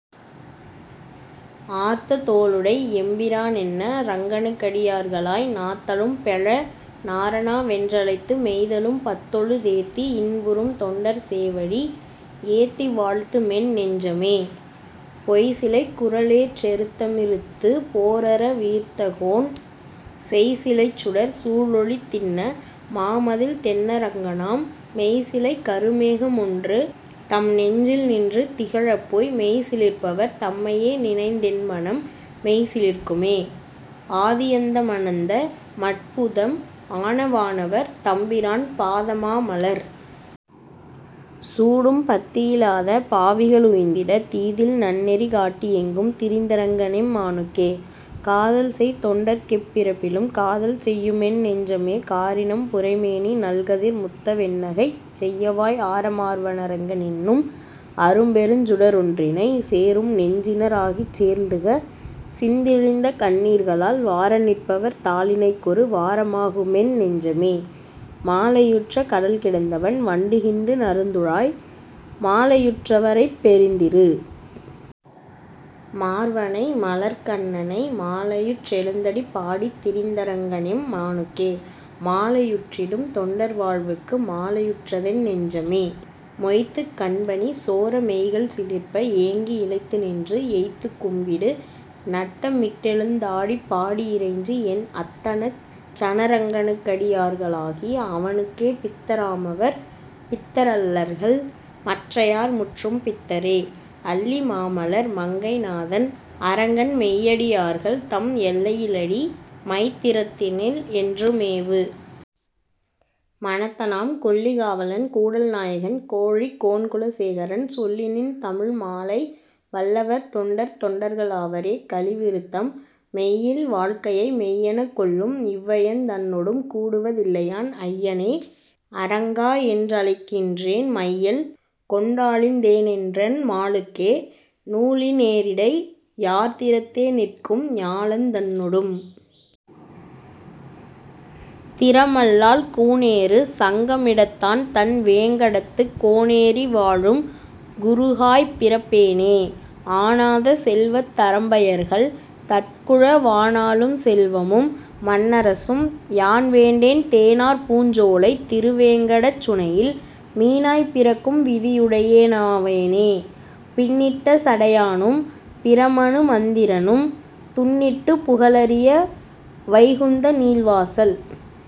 ஆர்த்ததோளுடை யெம்பிரானென்ன ரங்கனுக்கடி யார்களாய் நாத்தழும்பெழ நாரணாவென்ற ழைத்துமெய்தழும் பத்தொழு தேத்தி, இன்புறும் தொண்டர்சேவடி ஏத்திவாழ்த்துமென் நெஞ்சமே பொய்சிலைக்குர லேற்றெருத்தமி றுத்துபோரர வீர்த்தகோன் செய்சிலைச்சுடர் சூழொளித்திண்ண மாமதிள்தென்ன ரங்கனாம் மெய்சிலைக்கரு மேகமொன்றுதம் நெஞ்சில்நின்று திகழப்போய் மெய்சிலிர்ப்பவர் தம்மையேநினைந் தென்மனம்மெய்சி லிர்க்குமே ஆதியந்தம னந்தமற்புதம் ஆனவானவர் தம்பிரான் பாதமாமலர் சூடும்பத்தியி லாதபாவிக ளுய்ந்திட தீதில்நன்னெரி காட்டியெங்கும் திரிந்தரங்கனெம் மானுக்கே காதல்செய்தொண்டர்க் கெப்பிறப்பிலும் காதல்செய்யுமென் னெஞ்சமே காரினம்புரை மேனிநல்கதிர் முத்தவெண்ணகைச் செய்யவாய் ஆரமார்வ னரங்கனென்னும் அரும்பெருஞ்சுட ரொன்றினை சேரும்நெஞ்சின ராகிச்சேர்ந்துக சிந்திழிந்தகண் ணீர்களால் வாரநிற்பவர் தாளிணைக்கொரு வாரமாகுமென் னெஞ்சமே மாலையுற்றக டல்கிடந்தவன் வண்டுகிண்டுந றுந்துழாய் மாலையுற்றவ ரைப்பெருந்திரு மார்வனைமலர்க் கண்ணனை மாலையுற்றெழுந் தடிப்பாடித்தி ரிந்தரங்கனெம் மானுக்கே மாலையுற்றிடும் தொண்டர்வாழ்வுக்கு மாலையுற்றதென் நெஞ்சமே மொய்த்துக்கண்பனி சோரமெய்கள்சி லிர்ப்பஏங்கி யிளைத்துநின்று எய்த்துக்கும்பிடு நட்டமிட்டெழுந் தாடிப்பாடியி றைஞ்சி, என் அத்தனச்ச னரங்கனுக்கடி யார்களாகி அவனுக்கே பித்தராமவர் பித்தரல்லர்கள் மற்றையார்முற்றும் பித்தரே அல்லிமாமலர் மங்கைநாதன் அரங்கன்மெய்யடி யார்கள்தம் எல்லையிலடி மைத்திறத்தினில் என்றுமேவு மனத்தனாம் கொல்லிகாவலன் கூடல்நாயகன் கோழிக்கோன்குல சேகரன் சொல்லினின்தமிழ் மாலைவல்லவர் தொண்டர்தொண்டர்க ளாவரே கலி விருத்தம் மெய்யில் வாழ்க்கையை மெய்யெனக் கொள்ளும்இவ் வையந் தன்னொடும் கூடுவ தில்லையான் ஐய னேஅரங் காஎன்ற ழைக்கின்றேன் மையல் கொண்டாழிந் தேனென்றன் மாலுக்கே நூலி னேரிடை யார்திறத் தேநிற்கும் ஞாலந் தன்னொடும் திறமல்லால் கூனேறு சங்க மிடத்தான்தன் வேங்கடத்து கோனேரி வாழும் குருகாய்ப் பிறப்பேனே ஆனாத செல்வத் தரம்பையர்கள் தற்குழ வானாளும் செல்வமும் மண்ணரசும் யான்வேண்டேன் தேனார்பூஞ் சோலைத் திருவேங்க டச்சுனையில் மீனாய்ப் பிறக்கும் விதியுடையே னாவேனே பின்னிட்ட சடையானும் பிரமனு மந்திரனும் துன்னிட்டு புகலரிய வைகுந்த நீள்வாசல்